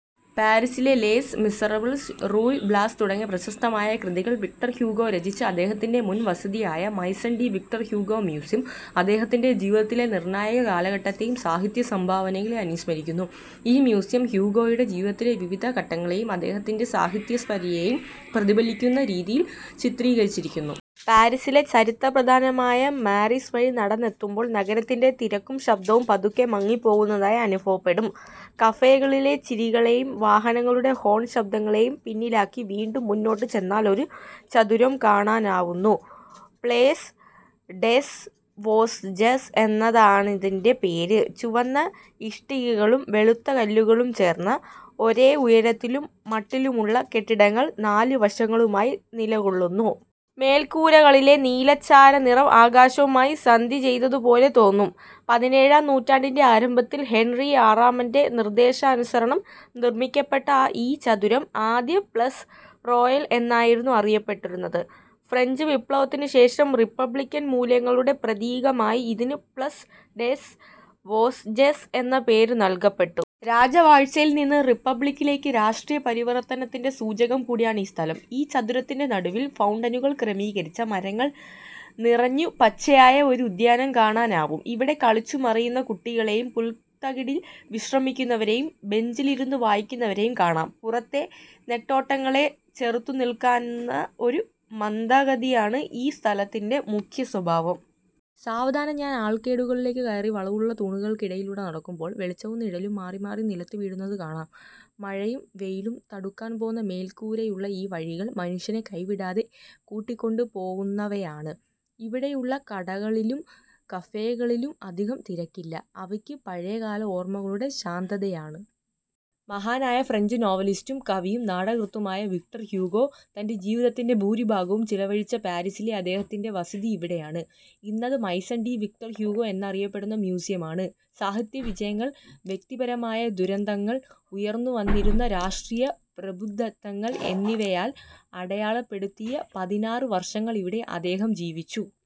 പാരീസിലെ Les Miserables, Ruy Blas തുടങ്ങിയ പ്രശസ്തമായ കൃതികൾ വിക്ടർ ഹ്യൂഗോ രചിച്ച അദ്ദേഹത്തിന്റെ മുൻ വസതിയായ Maison de Victor Hugo museum, അദ്ദേഹത്തിന്റെ ജീവിതത്തിലെ നിർണായക കാലഘട്ടത്തെയും സാഹിത്യ സംഭാവനകളെയും അനുസ്മരിക്കുന്നു. ഈ മ്യൂസിയം ഹ്യൂഗോയുടെ ജീവിതത്തിലെ വിവിധ ഘട്ടങ്ങളെയും അദ്ദേഹത്തിന്റെ സാഹിത്യസപര്യയെയും പ്രതിഫലിപ്പിക്കുന്ന രീതിയിൽ ചിട്ടീകരിച്ചിരിക്കുന്നു. പാരീസിലെ ചരിത്രപ്രധാനമായ ലെ മറായിസ് വഴി നടന്നെത്തുമ്പോൾ, നഗരത്തിന്റെ തിരക്കും ശബ്ദവും പതുക്കെ മങ്ങിപ്പോകുന്നതായി അനുഭവപ്പെടും. കഫേകളിലെ ചിരികളേയും വാഹനങ്ങളുടെ ഹോൺ ശബ്ദങ്ങളേയും പിന്നിലാക്കി വീണ്ടും മുന്നോട്ടു ചെന്നാൽ ഒരു ചത്വരം കാണാനാവുന്നു. പ്ലേസ് ഡെസ് വോസ്ജെസ് എന്നാണതിന്റെ പേര്. ചുവന്ന ഇഷ്ടികകളും വെളുത്ത കല്ലുകളും ചേർന്ന, ഒരേ ഉയരത്തിലും മട്ടിലുമുള്ള കെട്ടിടങ്ങൾ നാലു വശങ്ങളിലുമായി നിലകൊള്ളുന്നു. മേൽക്കൂരകളിലെ നീലച്ചാര നിറം ആകാശവുമായി സന്ധി ചെയ്തതുപോലെ തോന്നും. പതിനേഴാം നൂറ്റാണ്ടിന്റെ ആരംഭത്തിൽ ഹെൻറി ആറാമന്റെ നിർദ്ദേശാനുസരണം നിർമ്മിക്കപ്പെട്ട ഈ ചത്വരം ആദ്യം പ്ലേസ് റോയൽ എന്നായിരുന്നു അറിയപ്പെട്ടിരുന്നത്. ഫ്രഞ്ച് വിപ്ലവത്തിനു ശേഷം റിപ്പബ്ലിക്കൻ മൂല്യങ്ങളുടെ പ്രതീകമായി ഇതിന് പ്ലേസ് ഡെസ് വോസ്ജെസ് എന്ന പേര് നൽകപ്പെട്ടു. രാജവാഴ്ചയിൽ നിന്ന് റിപ്പബ്ലിക്കിലേക്കുള്ള രാഷ്ട്രീയപരിവർത്തനത്തിന്റെ സൂചകം കൂടിയാണ് ഈ സ്ഥലം. ഈ ചത്വരത്തിന്റെ നടുവിൽ ഫൗണ്ടനുകൾ ക്രമീകരിച്ച, മരങ്ങൾ നിറഞ്ഞു പച്ചയായ ഒരു ഉദ്യാനം കാണാനാവും. ഇവിടെ കളിച്ചു മറിയുന്ന കുട്ടികളേയും, പുൽത്തകിടിയിൽ വിശ്രമിക്കുന്നവരേയും ബെഞ്ചിൽ ഇരുന്ന് വായിക്കുന്നവരേയും കാണാം. പുറത്തെ നെട്ടോട്ടങ്ങളെ ചെറുത്തുനിൽക്കുന്ന ഒരു മന്ദഗതിയാണ് ഈ സ്ഥലത്തിന്റെ മുഖ്യസ്വഭാവം. സാവധാനം ഞാൻ ആർക്കേഡുകളിലേക്ക് കയറി. വളവുള്ള തൂണുകൾക്കടിയിലൂടെ നടക്കുമ്പോൾ വെളിച്ചവും നിഴലും മാറിമാറി നിലത്ത് വീഴുന്നതു കാണാം. മഴയും വെയിലും തടുക്കാൻ പോന്ന മേൽക്കൂരയുള്ള ഈ വഴികൾ മനുഷ്യനെ കൈവിടാതെ കൂട്ടിക്കൊണ്ടു പോകുന്നവയാണ്. ഇവിടെയുള്ള കടകളിലും കഫേകളിലും അധികം തിരക്കില്ല. അവയ്ക്ക് പഴയകാല ഓർമകളുടെ ശാന്തതയാണ്. മഹാനായ ഫ്രഞ്ച് നോവലിസ്റ്റും കവിയും നാടകകൃത്തുമായ വിക്ടർ ഹ്യൂഗോ തന്റെ ജീവിതത്തിന്റെ ഭൂരിഭാഗവും ചിലവഴിച്ച പാരീസിലെ അദ്ദേഹത്തിന്റെ വസതി ഇവിടെയാണ്. ഇന്നത് മൈസൺ ഡി വിക്ടർ ഹ്യൂഗോ എന്നറിയപ്പെടുന്ന മ്യൂസിയമാണ്. സാഹിത്യ വിജയങ്ങൾ, വ്യക്തിപരമായ ദുരന്തങ്ങൾ, ഉയർന്നുവന്നിരുന്ന രാഷ്ട്രീയ പ്രക്ഷുബ്ധതകൾ എന്നിവയാൽ അടയാളപ്പെടുത്തിയ പതിനാറ് വർഷങ്ങൾ ഇവിടെ അദ്ദേഹം ജീവിച്ചു.